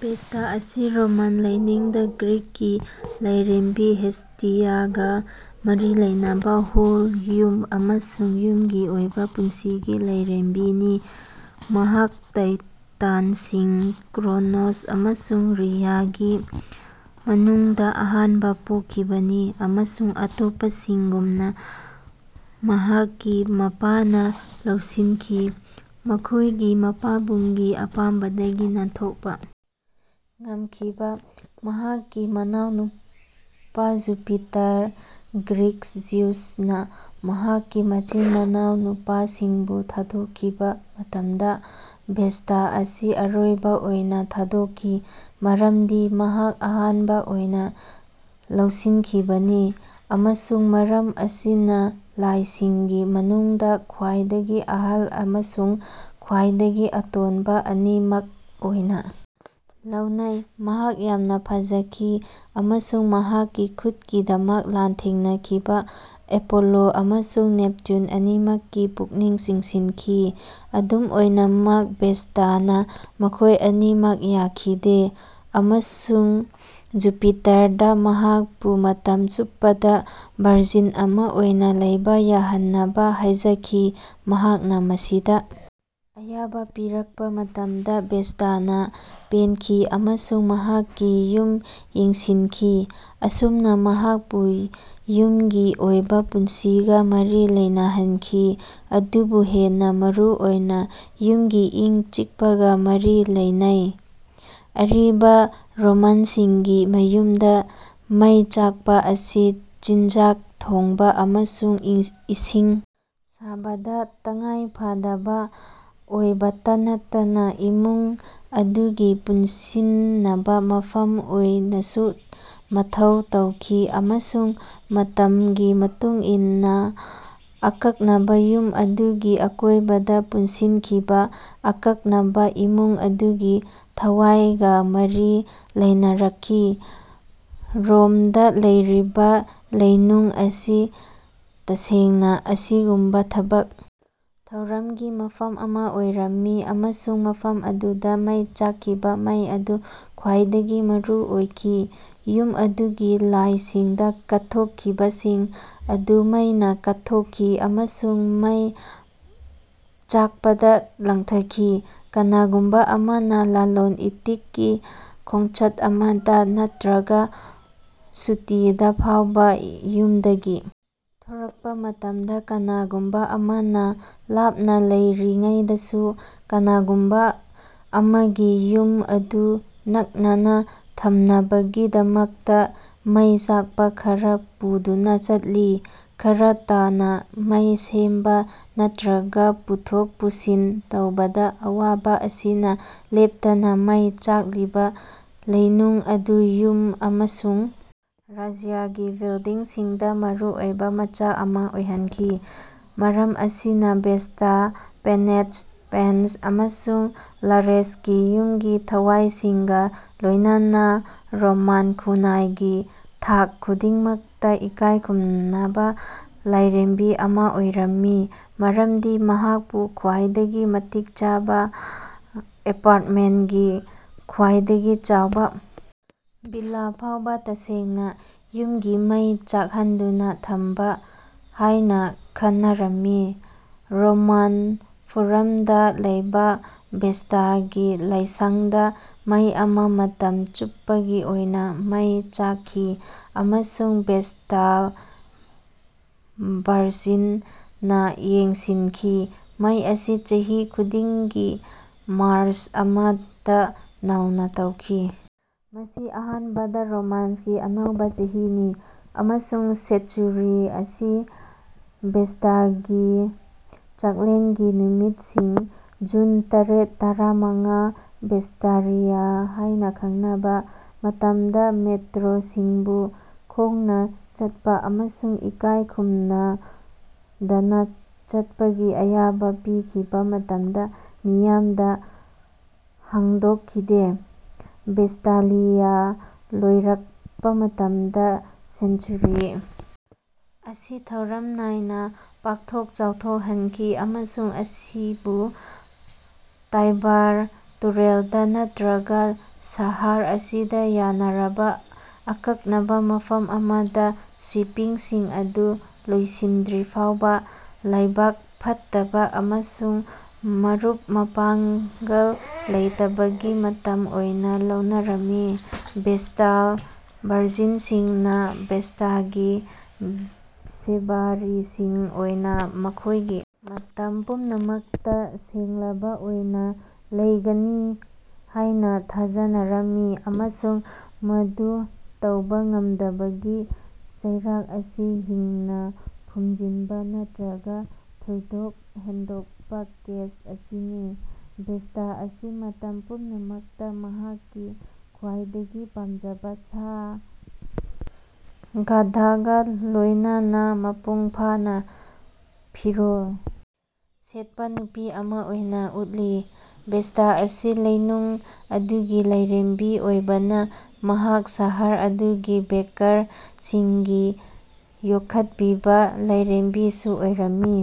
Vesta ꯑꯁꯤ Roman ꯂꯥꯏꯅꯤꯡꯗ (ꯒ꯭ꯔꯤꯛꯀꯤ ꯂꯥꯏꯔꯦꯝꯕꯤ ꯍꯦꯁꯇꯤꯌꯥꯒ ꯃꯔꯤ ꯂꯩꯅꯕ) ꯍꯣꯜ, ꯌꯨꯝ ꯑꯃꯁꯨꯡ ꯌꯨꯝꯒꯤ ꯑꯣꯏꯕ ꯄꯨꯟꯁꯤꯒꯤ ꯂꯥꯏꯔꯦꯝꯕꯤꯅꯤ꯫ ꯃꯍꯥꯛ ꯇꯥꯏꯇꯟꯁꯤꯡ ꯀ꯭ꯔꯣꯅꯣꯁ ꯑꯃꯁꯨꯡ ꯔꯤꯌꯥꯒꯤ ꯃꯅꯨꯡꯗ ꯑꯍꯥꯟꯕ ꯄꯣꯛꯈꯤꯕꯅꯤ ꯑꯃꯁꯨꯡ ꯑꯇꯣꯞꯄꯁꯤꯡꯒꯨꯝꯅ ꯃꯍꯥꯛꯀꯤ ꯃꯄꯥꯅ ꯂꯧꯁꯤꯟꯈꯤ꯫ ꯃꯈꯣꯏꯒꯤ ꯃꯄꯥꯕꯨꯡꯒꯤ ꯑꯄꯥꯝꯕꯗꯒꯤ ꯅꯥꯟꯊꯣꯛꯄ ꯉꯝꯈꯤꯕ ꯃꯍꯥꯛꯀꯤ ꯃꯅꯥꯎꯅꯨꯄꯥ ꯖꯨꯄꯤꯇꯔ (ꯒ꯭ꯔꯤꯛ ꯖꯤꯎꯁ)ꯅ ꯃꯍꯥꯛꯀꯤ ꯃꯆꯤꯟ-ꯃꯅꯥꯎ ꯅꯨꯄꯥꯁꯤꯡꯕꯨ ꯊꯥꯗꯣꯛꯈꯤꯕ ꯃꯇꯝꯗ, ꯚꯦꯁꯇꯥ ꯑꯁꯤ ꯑꯔꯣꯏꯕ ꯑꯣꯏꯅ ꯊꯥꯗꯣꯛꯈꯤ (ꯃꯔꯝꯗꯤ ꯃꯍꯥꯛ ꯑꯍꯥꯟꯕ ꯑꯣꯏꯅ ꯂꯧꯁꯤꯟꯈꯤꯕꯅꯤ) ꯑꯃꯁꯨꯡ ꯃꯔꯝ ꯑꯁꯤꯅ ꯂꯥꯏꯁꯤꯡꯒꯤ ꯃꯅꯨꯡꯗ ꯈ꯭ꯋꯥꯏꯗꯒꯤ ꯑꯍꯜ ꯑꯃꯁꯨꯡ ꯈ꯭ꯋꯥꯏꯗꯒꯤ ꯑꯇꯣꯟꯕ ꯑꯅꯤꯃꯛ ꯑꯣꯏꯅ ꯂꯧꯅꯩ꯫ ꯃꯍꯥꯛ ꯌꯥꯝꯅ ꯐꯖꯈꯤ ꯑꯃꯁꯨꯡ ꯃꯍꯥꯛꯀꯤ ꯈꯨꯠꯀꯤꯗꯃꯛ ꯂꯥꯟꯊꯦꯡꯅꯈꯤꯕ ꯑꯦꯄꯣꯂꯣ ꯑꯃꯁꯨꯡ ꯅꯦꯞꯇꯨꯟ ꯑꯅꯤꯃꯛꯀꯤ ꯄꯨꯛꯅꯤꯡ ꯆꯤꯡꯁꯤꯟꯈꯤ꯫ ꯑꯗꯨꯝ ꯑꯣꯏꯅꯃꯛ, ꯚꯦꯁꯇꯥꯅ ꯃꯈꯣꯏ ꯑꯅꯤꯃꯛ ꯌꯥꯈꯤꯗꯦ, ꯑꯃꯁꯨꯡ ꯖꯨꯄꯤꯇꯔꯗ ꯃꯍꯥꯛꯄꯨ ꯃꯇꯝ ꯆꯨꯞꯄꯗ ꯚꯔꯖꯤꯟ ꯑꯃ ꯑꯣꯏꯅ ꯂꯩꯕ ꯌꯥꯍꯟꯅꯕ ꯍꯥꯏꯖꯈꯤ꯫ ꯃꯍꯥꯛꯅ ꯃꯁꯤꯗ ꯑꯌꯥꯕ ꯄꯤꯔꯛꯄ ꯃꯇꯝꯗ, ꯚꯦꯁꯇꯥꯅ ꯄꯦꯟꯈꯤ ꯑꯃꯁꯨꯡ ꯃꯍꯥꯛꯀꯤ ꯌꯨꯝ ꯌꯦꯡꯁꯤꯟꯈꯤ꯫ ꯑꯁꯨꯝꯅ ꯃꯍꯥꯛꯄꯨ ꯌꯨꯝꯒꯤ ꯑꯣꯏꯕ ꯄꯨꯟꯁꯤꯒ ꯃꯔꯤ ꯂꯩꯅꯍꯟꯈꯤ ꯑꯗꯨꯕꯨ ꯍꯦꯟꯅ ꯃꯔꯨꯑꯣꯏꯅ, ꯌꯨꯝꯒꯤ ꯏꯪ-ꯆꯤꯛꯄꯒ ꯃꯔꯤ ꯂꯩꯅꯩ꯫ ꯑꯔꯤꯕ ꯔꯣꯃꯥꯟꯁꯤꯡꯒꯤ ꯃꯌꯨꯝꯗ ꯃꯩ ꯆꯥꯛꯄ ꯑꯁꯤ ꯆꯤꯟꯖꯥꯛ ꯊꯣꯡꯕ ꯑꯃꯁꯨꯡ ꯏꯁꯤꯡ ꯁꯥꯕꯗ ꯇꯉꯥꯏꯐꯗꯕ ꯑꯣꯏꯕꯇ ꯅꯠꯇꯅ ꯏꯃꯨꯡ ꯑꯗꯨꯒꯤ ꯄꯨꯟꯁꯤꯟꯅꯕ ꯃꯐꯝ ꯑꯣꯏꯅꯁꯨ ꯃꯊꯧ ꯇꯧꯈꯤ ꯑꯃꯁꯨꯡ ꯃꯇꯝꯒꯤ ꯃꯇꯨꯡ ꯏꯟꯅ ꯑꯀꯛꯅꯕ ꯌꯨꯝ ꯑꯗꯨꯒꯤ ꯑꯀꯣꯏꯕꯗ ꯄꯨꯟꯁꯤꯟꯈꯤꯕ ꯑꯀꯛꯅꯕ ꯏꯃꯨꯡ ꯑꯗꯨꯒꯤ ꯊꯋꯥꯏꯒ ꯃꯔꯤ ꯂꯩꯅꯔꯛꯈꯤ꯫ ꯔꯣꯝꯗ ꯂꯩꯔꯤꯕ ꯂꯩꯅꯨꯡ ꯑꯁꯤ ꯇꯁꯦꯡꯅ ꯑꯁꯤꯒꯨꯝꯕ ꯊꯕꯛ ꯊꯧꯔꯝꯒꯤ ꯃꯐꯝ ꯑꯃ ꯑꯣꯏꯔꯝꯃꯤ ꯑꯃꯁꯨꯡ ꯃꯐꯝ ꯑꯗꯨꯗ ꯃꯩ ꯆꯥꯛꯈꯤꯕ ꯃꯩ ꯑꯗꯨ ꯈ꯭ꯋꯥꯏꯗꯒꯤ ꯃꯔꯨꯑꯣꯏꯈꯤ꯫ ꯌꯨꯝ ꯑꯗꯨꯒꯤ ꯂꯥꯏꯁꯤꯡꯗ ꯀꯠꯊꯣꯛꯈꯤꯕꯁꯤꯡ ꯑꯗꯨ ꯃꯩꯅ ꯀꯠꯊꯣꯛꯈꯤ ꯑꯃꯁꯨꯡ ꯃꯩ ꯆꯥꯛꯄꯗ ꯂꯪꯊꯈꯤ꯫ ꯀꯅꯥꯒꯨꯝꯕ ꯑꯃꯅ ꯂꯂꯣꯟ-ꯏꯇꯤꯛꯀꯤ ꯈꯣꯡꯆꯠ ꯑꯃꯗ, ꯅꯠꯇ꯭ꯔꯒ ꯁꯨꯇꯤꯗ ꯐꯥꯎꯕ ꯌꯨꯝꯗꯒꯤ ꯊꯣꯔꯛꯄ ꯃꯇꯝꯗ, ꯀꯅꯥꯒꯨꯝꯕ ꯑꯃꯅ ꯂꯥꯞꯅ ꯂꯩꯔꯤꯉꯩꯗꯁꯨ ꯀꯅꯥꯒꯨꯝꯕ ꯑꯃꯒꯤ ꯌꯨꯝ ꯑꯗꯨ ꯅꯛꯅꯅ ꯊꯝꯅꯕꯒꯤꯗꯃꯛꯇ ꯃꯩ ꯆꯥꯛꯄ ꯈꯔ ꯄꯨꯗꯨꯅ ꯆꯠꯂꯤ꯫ ꯈꯔꯥ ꯇꯥꯅ, ꯃꯩ ꯁꯦꯝꯕ ꯅꯠꯇ꯭ꯔꯒ ꯄꯨꯊꯣꯛ-ꯄꯨꯁꯤꯟ ꯇꯧꯕꯗ ꯑꯋꯥꯕ ꯑꯁꯤꯅ ꯂꯦꯞꯇꯅ ꯃꯩ ꯆꯥꯛꯂꯤꯕ ꯂꯩꯅꯨꯡ ꯑꯗꯨ ꯌꯨꯝ ꯑꯃꯁꯨꯡ ꯔꯥꯖ꯭ꯌꯒꯤ ꯕꯤꯜꯗꯤꯡꯁꯤꯡꯗ ꯃꯔꯨꯑꯣꯏꯕ ꯃꯆꯥꯛ ꯑꯃ ꯑꯣꯏꯍꯟꯈꯤ꯫ ꯃꯔꯝ ꯑꯁꯤꯅ ꯚꯦꯁꯇꯥ, ꯄꯦꯅꯦꯠꯁ, ꯄꯦꯟꯁ ꯑꯃꯁꯨꯡ ꯂꯥꯔꯦꯁꯀꯤ ꯌꯨꯝꯒꯤ ꯊꯋꯥꯏꯁꯤꯡꯒ ꯂꯣꯏꯅꯅ ꯔꯣꯃꯥꯟ ꯈꯨꯟꯅꯥꯏꯒꯤ ꯊꯥꯛ ꯈꯨꯗꯤꯡꯃꯛꯇ ꯏꯀꯥꯏ ꯈꯨꯝꯅꯕ ꯂꯥꯏꯔꯦꯝꯕꯤ ꯑꯃ ꯑꯣꯏꯔꯝꯃꯤ ꯃꯔꯝꯗꯤ ꯃꯍꯥꯛꯄꯨ ꯈ꯭ꯋꯥꯏꯗꯒꯤ ꯃꯇꯤꯛ ꯆꯥꯕ ꯑꯦꯄꯥ꯭ꯔꯠꯃꯦꯟꯒꯤ ꯈ꯭ꯋꯥꯏꯗꯒꯤ ꯆꯥꯎꯕ ꯚꯤꯂꯥ ꯐꯥꯎꯕ ꯇꯁꯦꯡꯅ "ꯌꯨꯝꯒꯤ ꯃꯩ ꯆꯥꯛꯍꯟꯗꯨꯅ ꯊꯝꯕ"ꯍꯥꯏꯅ ꯈꯟꯅꯔꯝꯃꯤ꯫ ꯔꯣꯃꯥꯟ ꯐꯣꯔꯝꯗ ꯂꯩꯕ ꯚꯦꯁꯇꯥꯒꯤ ꯂꯥꯏꯁꯪꯗ ꯃꯩ ꯑꯃ ꯃꯇꯝ ꯆꯨꯞꯄꯒꯤ ꯑꯣꯏꯅ ꯃꯩ ꯆꯥꯛꯈꯤ ꯑꯃꯁꯨꯡ ꯚꯦꯁꯇꯜ ꯚꯔꯖꯤꯟꯁ ꯅ ꯌꯦꯡꯁꯤꯟꯈꯤ꯫ ꯃꯩ ꯑꯁꯤ ꯆꯍꯤ ꯈꯨꯗꯤꯡꯒꯤ ꯃꯥꯔꯁ ꯑꯃꯗ ꯅꯧꯅ ꯇꯧꯈꯤ (ꯃꯁꯤ ꯑꯍꯥꯟꯕꯗ ꯔꯣꯃꯥꯟꯒꯤ ꯑꯅꯧꯕ ꯆꯍꯤꯅꯤ) ꯑꯃꯁꯨꯡ ꯁꯦꯠꯆꯨꯔꯤ ꯑꯁꯤ ꯚꯦꯁꯇꯥꯒꯤ ꯆꯥꯛꯂꯦꯟꯒꯤ ꯅꯨꯃꯤꯠꯁꯤꯡ (ꯖꯨꯟ ꯇꯔꯦꯠ-ꯇꯔꯥꯃꯉꯥ, ꯚꯦꯁꯇꯥꯂꯤꯌꯥ ꯍꯥꯏꯅ ꯈꯪꯅꯕ) ꯃꯇꯝꯗ ꯃꯦꯇ꯭ꯔꯣꯟꯁꯤꯡꯕꯨ ꯈꯣꯡꯅ ꯆꯠꯄ ꯑꯃꯁꯨꯡ ꯏꯀꯥꯏ ꯈꯨꯝꯅꯗꯅ ꯆꯠꯄꯒꯤ ꯑꯌꯥꯕ ꯄꯤꯈꯤꯕ ꯃꯇꯝꯗ ꯃꯤꯌꯥꯝꯗ ꯍꯥꯡꯗꯣꯛꯈꯤꯗꯦ꯫ ꯚꯦꯁꯇꯥꯂꯤꯌꯥ ꯂꯣꯏꯔꯛꯄ ꯃꯇꯝꯗ ꯁꯦꯟꯆꯨꯔꯤ ꯑꯁꯤ ꯊꯧꯔꯝ ꯅꯥꯏꯅ ꯄꯥꯛꯊꯣꯛ ꯆꯥꯎꯊꯣꯛꯍꯟꯈꯤ ꯑꯃꯁꯨꯡ ꯑꯁꯤꯕꯨ ꯇꯥꯏꯕꯔ ꯇꯨꯔꯦꯜꯗ ꯅꯠꯇ꯭ꯔꯒ ꯁꯍꯔ ꯑꯁꯤꯗ ꯌꯥꯅꯔꯕ ꯑꯀꯛꯅꯕ ꯃꯐꯝ ꯑꯃꯗ ꯁ꯭ꯋꯤꯄꯤꯡꯁꯤꯡ ꯑꯗꯨ ꯂꯣꯏꯁꯤꯟꯗ꯭ꯔꯤꯐꯥꯎꯕ ꯂꯥꯏꯕꯛ ꯐꯠꯇꯕ ꯑꯃꯁꯨꯡ ꯃꯔꯨꯞ-ꯃꯄꯥꯡꯒꯜ ꯂꯩꯇꯕꯒꯤ ꯃꯇꯝ ꯑꯣꯏꯅ ꯂꯧꯅꯔꯝꯃꯤ꯫ ꯚꯦꯁꯇꯜ ꯚꯔꯖꯤꯟꯁꯤꯡꯅ ꯚꯦꯁꯇꯥꯒꯤ ꯁꯦꯕꯥꯔꯤꯁꯤꯡ ꯑꯣꯏꯅ ꯃꯈꯣꯏꯒꯤ ꯃꯇꯝ ꯄꯨꯝꯅꯃꯛꯇ ꯁꯦꯡꯂꯕ ꯑꯣꯏꯅ ꯂꯩꯒꯅꯤ ꯍꯥꯏꯅ ꯊꯥꯖꯅꯔꯝꯃꯤ ꯑꯃꯁꯨꯡ ꯃꯗꯨ ꯇꯧꯕ ꯉꯝꯗꯕꯒꯤ ꯆꯩꯔꯥꯛ ꯑꯁꯤ ꯍꯤꯡꯅ ꯐꯨꯝꯖꯤꯟꯕ ꯅꯠꯇ꯭ꯔꯒ ꯊꯣꯏꯗꯣꯛ ꯍꯦꯟꯗꯣꯛꯄ ꯀꯦꯁ ꯑꯁꯤꯅꯤ꯫ ꯚꯦꯁꯇꯥ ꯑꯁꯤ ꯃꯇꯝ ꯄꯨꯝꯅꯃꯛꯇ ꯃꯍꯥꯛꯀꯤ ꯈ꯭ꯋꯥꯏꯗꯒꯤ ꯄꯥꯝꯖꯕ ꯁꯥ, ꯒꯙꯥꯒ ꯂꯣꯏꯅꯅ ꯃꯄꯨꯡ ꯐꯥꯅ ꯐꯤꯔꯣꯜ ꯁꯦꯠꯄ ꯅꯨꯄꯤ ꯑꯃ ꯑꯣꯏꯅ ꯎꯠꯂꯤ꯫ ꯚꯦꯁꯇꯥ ꯑꯁꯤ ꯂꯩꯅꯨꯡ ꯑꯗꯨꯒꯤ ꯂꯥꯏꯔꯦꯝꯕꯤ ꯑꯣꯏꯕꯅ ꯃꯍꯥꯛ ꯁꯍꯔ ꯑꯗꯨꯒꯤ ꯕꯦꯀꯔꯁꯤꯡꯒꯤ ꯌꯣꯛꯈꯠꯄꯤꯕ ꯂꯥꯏꯔꯦꯝꯕꯤꯁꯨ ꯑꯣꯏꯔꯝꯃꯤ꯫